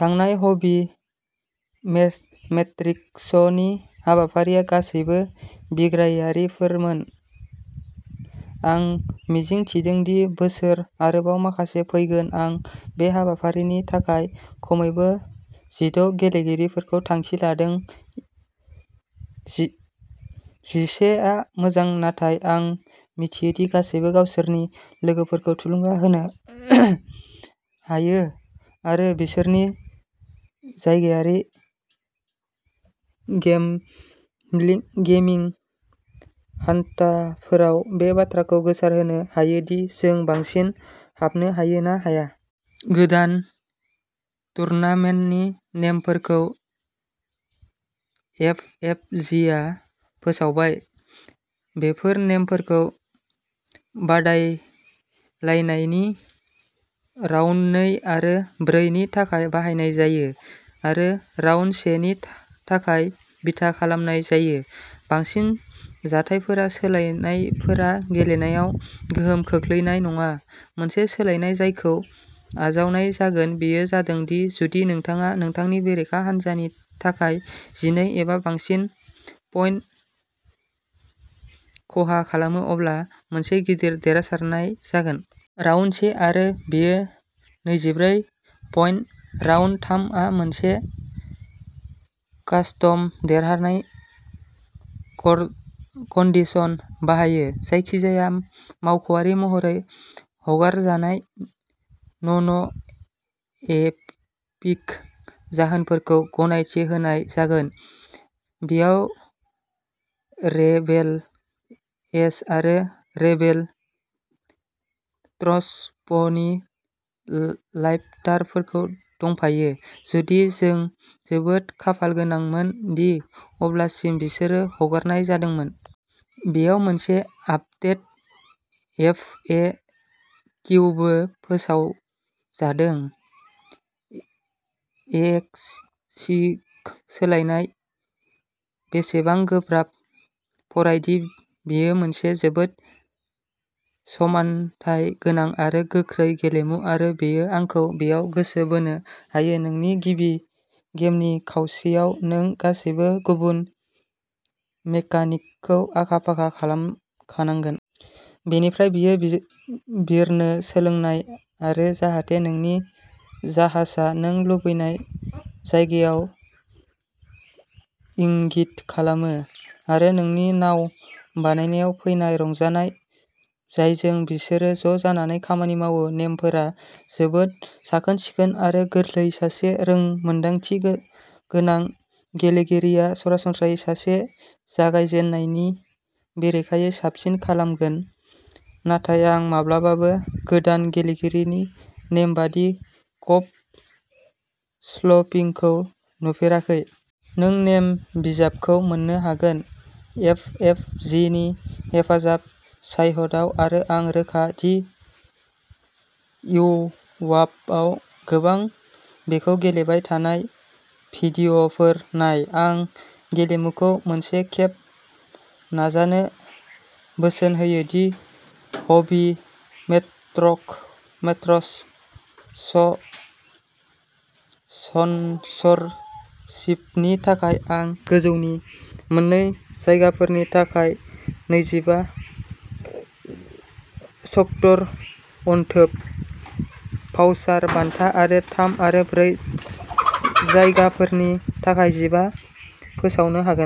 थांनाय ह'बि मेट्रिक्सनि हाबाफारिया गासैबो बिग्रायारिफोरमोन, आं मिजिं थिदों दि बिसोर आरोबाव माखासे फैगोन। आं बे हाबाफारिनि थाखाय खमैबो जिद' गेलेगिरिफोरखौ थांखि लादों। जिसे आ मोजां नाथाय आं मिथियो दि गासैबो गावसोरनि लोगोफोरखौ थुलुंगा होनो हायो आरो बिसोरनि जायगायारि गेमिं हान्टफोराव बे बाथ्राखौ गोसारहोनो हायो दि जों बांसिन हाबनो हायो ना हाया। गोदान टुर्नामेन्टनि नेमफोरखौ एफएफजीआ फोसावबाय। बेफोर नेमफोरखौ बादायलायनायनि राउन्ड नै आरो ब्रै नि थाखाय बाहायनाय जायो आरो राउन्ड से नि थाखाय बिथा खालामनाय जायो। बांसिन जाथायफोराव सोलायनायफोरा गेलेनायाव गोहोम खोख्लैनाय नङा। मोनसे सोलायनाय जायखौ आजावनाय जागोन बेयो जादों दि जुदि नोंथाङा नोंथांनि बेरेखा हान्जानि थाखाय जिनै एबा बांसिन पइन्ट खहा खालामो अब्ला मोनसे गिदिर देरहासारनाय जायो। राउन्ड से आव बेयो नैजिब्रै पइन्ट। राउन्ड थाम आ मोनसे कास्टम देरहानाय कन्डिशन बाहायो। जायखिजाया मावख'आरि महरै हगारजानाय नन-एपिक जाहाजफोरखौ गनायथि होनाय जागोन। बेयाव रेबेल एस आरो रेबेल ट्रेन्सपर्टनि फाइटारफोर दंफायो, जुदि जों जोबोद खाफालगोनांमोन दि अब्लासिम बिसोरखौ हगारनाय जादोंमोन। बेयाव मोनसे आपडेटेड एफ ए किउ बो फोसावजादों। एक्सविंग सोलोंनाया बेसेबां गोब्राब? फराय दि बेयो मोनसे जोबोद समानथाय गोनां आरो गोख्रै गेलेमु आरो बेयो आंखौ बेयाव गोसो बोनो हायो। नोंनि गिबि गेमनि खावसेयाव नों गासैबो गुबै मेकानिक्सखौ आखा-फाखा खालामखागोन। बेनिफ्राय बेयो बिरनो सोलोंनाय जायो जाहाथे नोंनि जाहाजआ नों लुबैनाय जायगायाव इंगित खालामो आरो नोंनि नाव बानायनायाव फैनाय रंजानाय जायजों बिसोरो ज'जानानै खामानि मावो। नेमफोरा जोबोद साखोन-सिखोन आरो गोरलै। सासे रोंमोनदांथि गोनां गेलेगिरिया सरासनस्रायै सासे जागायजेन्नायनि बेरेखायै साबसिन खालामगोन नाथाय आं माब्लाबाबो गोदान गेलेगिरिफोरनि नेमबादि कर्ब स्टम्पिंखौ नुफेराखै। नों नेम बिजाबखौ मोन्नो हागोन। एफएफजीनि हेफाजाब साइटआव आरो आं रोखा दि इउट्युबआव गोबां बेखौ गेलेबाय थानाय भिडिय'फोर नाय। आं गेलेमुखौ मोनसे खेब नाजानो बोसोन होयो। दि हबी मेट्रिक्स स्पनसरशिपनि थाखाय आं गोजौनि मोन्नै जायगाफोरनि थाखाय नैजिबा स्ट'र अनथोब भाउचार बान्था आरो थाम आरो ब्रै जायगाफोरनि थाखाय जिबा फोसावनो हागोन।